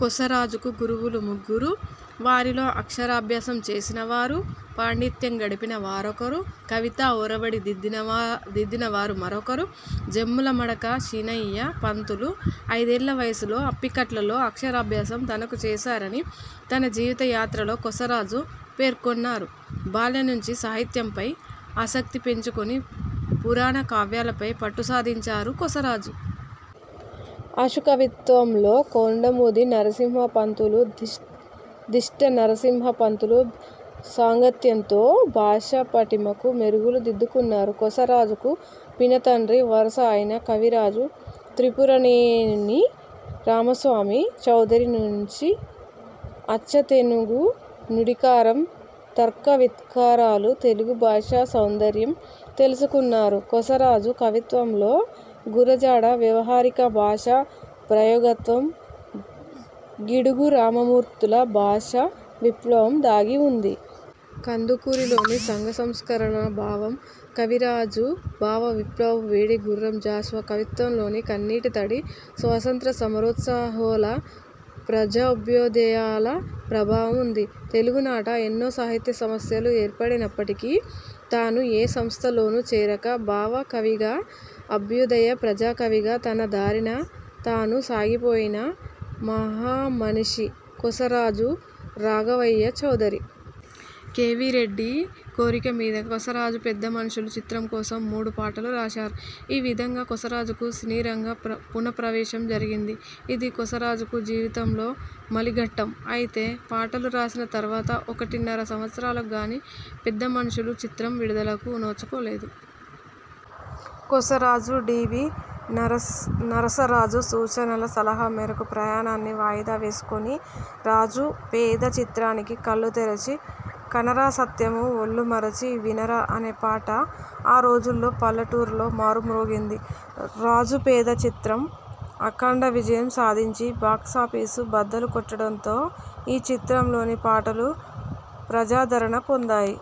కొసరాజుకు గురువులు ముగ్గురు. వారిలో అక్షరాభ్యాసం చేసిన వారు, పాండిత్యం గరిపిన వారొకరు, కవితా ఒరవడి దిద్దినవారు మరొకరు. జమ్ముల మడక శీనయ్య పంతులు ఐదేళ్ళ వయసులో అప్పికట్లలో అక్షరాభ్యాసం తనకు చేశారని తన జీవిత యాత్రలో కొసరాజు పేర్కొన్నారు. బాల్యం నుంచే సాహిత్యంపై ఆసక్తి పెంచుకుని పురాణ కావ్యాలపై పట్టుసాధించారు కొసరాజు. అశుకవిత్వంలో కొండముది నరసింహపంతులు దిట్ట. నరసింహ పంతులు సాంగత్యంతో భాషాపటిమకు మెరుగులు దిద్దుకున్నారు. కొసరాజుకు పినతండ్రి వరుస అయిన కవిరాజు త్రిపురనేని రామస్వామి చౌదరి నుంచి అచ్చతెనుగు నుడికారం తర్క వితర్కాలు, తెలుగు భాషా సౌందర్యం తెలుసుకున్నారు. కొసరాజు కవిత్వంలో గురజాడ వ్యవహారిక భాషా ప్రయోగతత్వం, గిడుగు రామమూర్తిల భాషా విప్లవం దాగి ఉంది. కందుకూరిలోని సంఘ సంస్కరణ భావం, కవిరాజు భావ విప్లవపు వేడి, గుర్రం జాషువా కవిత్వంలోని కన్నీటి తడి, స్వాతంత్య్ర సమరోత్సాహాల, ప్రజాభ్యుదయాల ప్రభావం ఉంది. తెలుగునాట ఎన్నో సాహితీసమస్థలు ఏర్పడినప్పటికీ తాను ఏ సంస్థలో చేరక భావ కవిగా, అభ్యుదయ, ప్రజాకవిగా తన దారిన తాను సాగిపోయిన మహామనీషి కొసరాజు రాఘవయ్య చౌదరి. కెవి రెడ్డి కోరిక మీద కొసరాజు పెద్ద మనుషులు చిత్రం కోసం మూడు పాటలు రాశారు. ఈ విధంగా కొసరాజుకు సినీరంగ పున:ప్రవేశం జరిగింది. ఇది కొసరాజుకు జీవితంలో మలిఘట్టం. అయితే పాటలు రాసిన తరువాత ఒకటిన్నర సంవత్సరాలకు గానీ ''పెద్ద మనుషులు'' చిత్రం విడుదలకు నోచుకోలేదు. కొసరాజు డి. వి. నరసరాజు సూచన, సలహా మేరకు ప్రయాణాన్ని వాయిదా వేసుకుని రాజు–పేద చిత్రానికి కళ్ళుతెరిచి కనరా సత్యము – ఒళ్ళుమరచి వినరా అనే పాట ఆ రోజుల్లో పల్లెటూళ్లలో మారుమ్రోగింది. ''రాజుపేద'' చిత్రం అఖండ విజయం సాధించి బాక్సాఫీసు బద్దలు కొట్టడంతో ఈ చిత్రంలోని పాటలూ ప్రజాదరణ పొందాయి.